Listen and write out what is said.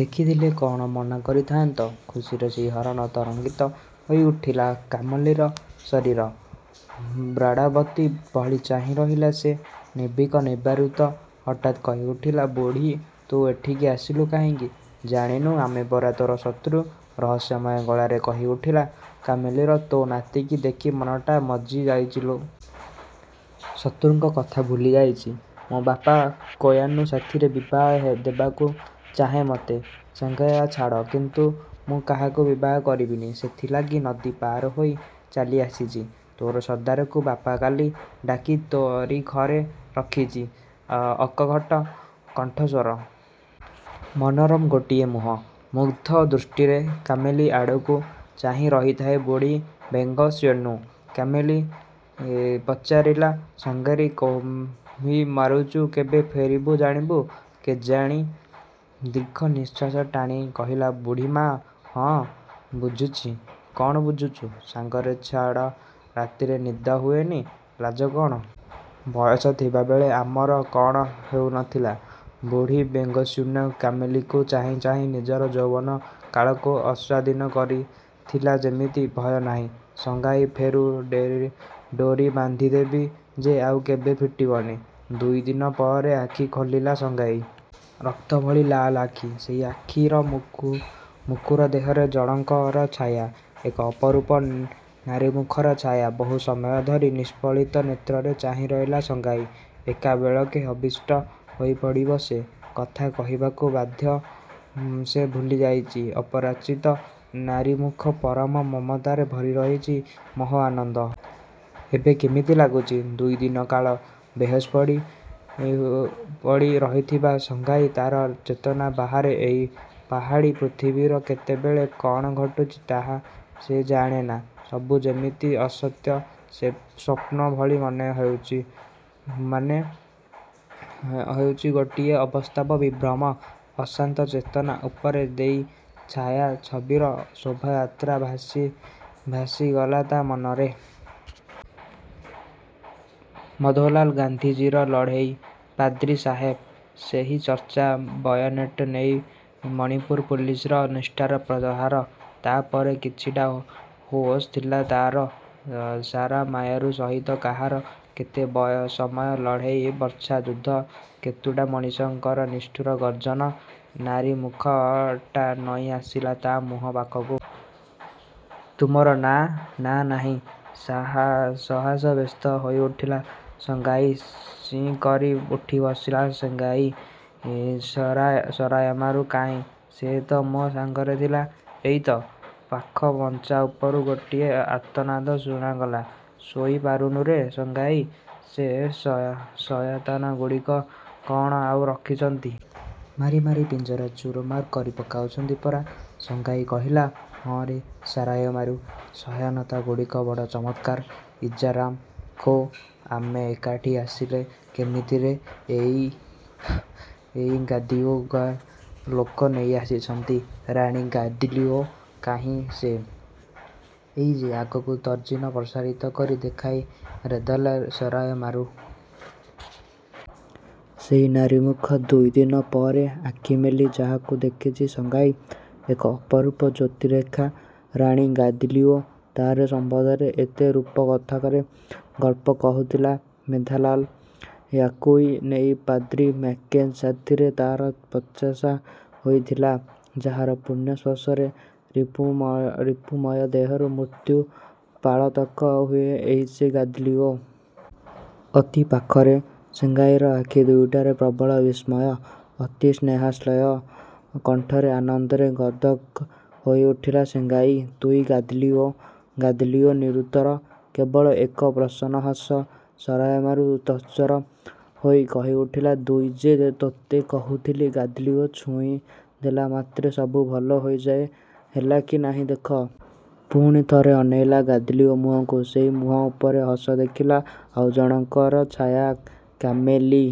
ଦେଖିଥିଲେ କ'ଣ ମନା କରିଥାଆନ୍ତି। ଖୁସିର ଶିହରଣରେ ତରଙ୍ଗିତ ହୋଇଉଠିଲା କେମେଲୀର ଶରୀର। ବ୍ରାଡ଼ାବତୀ ଭଳି ଚାହିଁ ରହିଲା ସେ। ନିର୍ବାକ୍, ନିବୃତ୍ତିର। ହଠାତ୍ କହିଉଠିଲା ବୁଢ଼ୀ-ତୁ ଏଠିକି ଆସିଲୁ କାହିଁକି? ଜାଣୁନି ଆମେ ପରା ତୋର ଶତ୍ରୁ। ରହସ୍ୟମୟ ଗଳାରେ କହିଉଠିଲା କେମେଲୀ-ତୋ ନାତିକି ଦେଖି ମନଟା ମଜ୍ଜି ଯାଇଚି ଲୋ। ଶତ୍ରୁଙ୍କ କଥା ଭୁଲିଯାଇଚି। ମୋ ବାପା କୋୟାନୁ ସାଥିରେ ବିବାହ ଦେବାକୁ ଚାହେଁ ମତେ-। ସେଂଗାଇ ଛଡ଼ା କିନ୍ତୁ ମୁଁ କାହାକୁ ବିବାହ କରିବିନି। ସେଇଥିଲାଗି ନଦୀ ପାର ହୋଇ ଚାଳିଆସିଚି। ତୋର ସର୍ଦ୍ଦାରକୁ ବାପା କାଲି ଡ଼ାକି ତାରି ଘରେ ରଖିଚି। ଅକପଟ କଣ୍ଠ ସ୍ୱର। ମନୋରମ ଗୋଟିଏ ମୁହଁ। ମୁଗଧ ଦୃଷ୍ଟିରେ କେମେଲୀ ଆଡ଼କୁ ଚାହିଁ ରହିଥାଏ ବୁଢ଼ୀ ବେଙ୍ଗସାନ୍ୟୁ। କେମେଲୀ ପଚାରିଲା–ସେଙ୍ଗାର କୋହିମାରୁଚ କେବେ ଫେରିବ ଜାଣିବୁ? –କେଜାଣି? ଦୀର୍ଘ ନିଶ୍ୱାସ ଟାଣି କହିଲା ବୁଢ଼ୀମା-ହଁ, ବୁଝିଚି। –କ'ଣ ବୁଝିଚୁ? ସେଙ୍ଗାଇ ଛଡ଼ା ରାତିରେ ନିଦ ହୁଏନା! ଲାଜ କ'ଣ? ବୟସ ଥିଲାବେଳେ ଆମର କ'ଣ ହେଉ ନଥିଲା? ବୁଢ଼ୀ ବେଙ୍ଗସାନ୍ୟୁ କେମେଲୀକି ଚାହିଁ ଚାହିଁ ନିଜର ଯୌବନ କାଳକୁ ଆସ୍ୱାଦିନ କରୁଥିଲା ଯେମିତି। ଭୟ ନାହିଁ। ସେଙ୍ଗାଇ ଫେରୁ, ଡ଼ୋରି ବାନ୍ଧିଦେବି ଯେ ଆଉ କେବେ ଫୁଟିବନି। ଦୁଇ ଦିନ ପରେ ଆଖି ଖୋଲିଲା ସେଙ୍ଗାଇ। ରକ୍ତ ଭଳି ଲାଲ ଆଖି। ସେଇ ଆଖିର ମୁକୁର ଦେହରେ ଜଣଙ୍କର ଛାୟା। ଏକ ଅପରୂପ ନାରୀମୁଖରେ ଛାୟା। ବହୁ ସମୟ ଧରି ନିଷ୍ପଲିକ ନେତ୍ରରେ ଚାହିଁ ରହିଲା ସେଙ୍ଗାଇ। ଏକାବେଳକେ ଆବିଷ୍ଟ ହୋଇପଡ଼ିବ ସେ। କଥା କହିବାକୁ ମଧ୍ୟ ସେ ଭୁଲିଯାଇଚି। ଅପରିଚିତ ନାରୀମୁଖ, ପରମ ମମତାରେ ଭରି ରହିଚି ମୋହ, ଆନନ୍ଦ। –ଏବେ କେମିତି ଲାଗୁଚି? ଦୁଇଦିନ କାଳ ବେହୋସ ହୋଇପଡ଼ି ରହିଥିଲା ସେଙ୍ଗାଇ। ତାର ଚେତନା ବାହାରେ ଏଇ ପାହାଡ଼ୀ ପୃଥିବୀରେ କେତେବେଳେ କ'ଣ ଘଟୁଛି ସେ ଜାଣେନା। ସବୁ ଯେମିତି ଅସତ୍ୟ ସ୍ୱପ୍ନ ଭଳି ମନେ ହେଉଚି। ମନେ ହେଉଛି ଗୋଟାଏ ଅବାସ୍ତବ ବିଭ୍ରମ। ଅଶାନ୍ତ ଚେତନା ଉପର ଦେଇ ଛାୟାଛବିର ଶୋଭାଯାତ୍ରା ଭାସି ଭାସି ଗଲା ତା ମନରେ। ମଧୋଲାଲ। ଗାନ୍ଧିଜୀର ଲଢ଼େଇ। ପାଦ୍ରୀ ସାହେବ। ସେହି ଚର୍ଚ୍ଚା, ବାୟୋନେଟ ନେଇ ମଣିପୁର ପୁଲିସର ନିଷ୍ଠୁର ପ୍ରହାର। ତା ପରେ କିଛିଟା ହୋସ ଥିଲା ତାର। ସାରୁମାୟାରୁ ସହିତ କାହାର କେତେ ସମୟ ଲଢ଼େଇ, ବର୍ଚ୍ଛା ଯୁଦ୍ଧ। କେତୁଟା ମଣିଷଙ୍କ ନିଷ୍ଠୁର ଗର୍ଜନ। ନାରୀ ମୁଖଟା ନଇଁ ଆସିଲା ତା ମୁହଁ ପାଖକୁ। –ତୁମର ନା? –ନାଁ ନାହିଁ। ସହସା ବ୍ୟସ୍ତ ହୋଇଉଠିଲା ସେଙ୍ଗାଇ। ସିଁ କରି ଉଠିବସିଲା ସେଙ୍ଗାଇ। ସାରୁୟାମାରୁ କାହିଁ? ସେ ତ ମୋ ସାଙ୍ଗରେ ଥିଲା। –ଏଇ ତ। ପାଖ ମଞ୍ଚା ଉପରୁ ଗୋଟିଏ ଆର୍ତ୍ତନାଦ ଶୁଣାଗଲା ଶୋଇ ପାରୁନି ରେ ସେଙ୍ଗାଇ। ସେ ସୟତାନଗୁଡ଼ାକ କ'ଣ ଆଉ ରଖିଛନ୍ତି? ମାରି ମାରି ପିଞ୍ଜରା ଚୁମରମାର କରି ପକାଇଛନ୍ତି ପରା! ସେଙ୍ଗାଇ କହିଲା, ହଁ ରେ ସାରୁୟାମାରୁ! ସୟତାନଗୁଡ଼ାକ ବଡ଼ ମାରାତ୍ମକ। ଇଜା ରାମ ଖୋ! ଆମେ ଏଠିକି ଆସିଲେ କମିତି ରେ? –ଏଇ ଗାଇଦିଲିଓର ଲୋକ ନେଇ ଆସିଛନ୍ତି। –ରାଣୀ ଗାଇଦିଲିଓ! କାହିଁ ସେ? –''ଏଇ ଯେ'' ଆଗକୁ ତର୍ଜନୀ ପ୍ରସାରିତ କରି ଦେଖାଇ ରଦେଲା ସାରୁୟାମାରୁ। ସେଇ ନାରୀମୁଖ, ଦୁଇଦିନ ପରେ ଆଖି ମେଲି ଯାହାକୁ ଦେଖିଚି ସେଙ୍ଗାଇ। ଏକ ଅପରୂପ ଜ୍ୟୋତିଃରେଖା। ରାଣୀ ଗାଇଦିଲିଓ! ତାରି ସମ୍ୱନ୍ଧରେ ଏତେ ରୂପକଥାର ଗଳ୍ପ କହୁଥିଲା ମଧୋଲାଲ। ୟାକୁଇ ନେଇ ପାଦ୍ରୀ ମ୍ୟାକେଞ୍ଜ ସାଥିରେ ତାର ବଚସା ହୋଇଥିଲା। ଯାହାର ପୁଣ୍ୟ ସ୍ପର୍ଶରେ ରିପୁମୟ ଦେହରୁ ମୃତ୍ୟୁ ପଳାତକ ହୁଏ, ଏଇ ସେ ଗାଇଦିଲିଓ! ଅତି ପାଖରେ। ସେଙ୍ଗାଇର ଆଖି ଦୁଇଟାରେ ପ୍ରବଳ ବିସ୍ମୟ। ଅତି ସ୍ନେହାଶ୍ଳେଷ କଣ୍ଠରେ ଆନନ୍ଦରେ ଗଦ୍ଗଦ୍ ହୋଇଉଠିଲା ସେଙ୍ଗାଇ। -ତୁଇ ଗାଇଦିଲିଓ। ଗାଇଦିଲିଓ ନିରୁତ୍ତର। କେବଳ ଏକ ପ୍ରସନ୍ନ ହସ। ସାରୁୟାମାରୁ ତତ୍ପର ହୋଇ କହିଉଠିଲା-ହୁଇ ଯେ ତୋତେ କହୁଥିଲି ଗାଇଦିଲିଓ ଛୁଇଁ ଦେଲାମାତ୍ରେ ସବୁ ଭଲ ହୋଇଯାଏ, ହେଲା କି ନାହିଁ ଦେଖ। ପୁଣି ଥରେ ଅନେଇଲା ଗାଇଦିଲିଓ ମୁହଁକୁ। ସେଇ ମୁହଁ ଉପରେ ସେ ଦେଖିଲା ଆଉ ଜଣଙ୍କର ଛାୟା, କେମେଲୀ।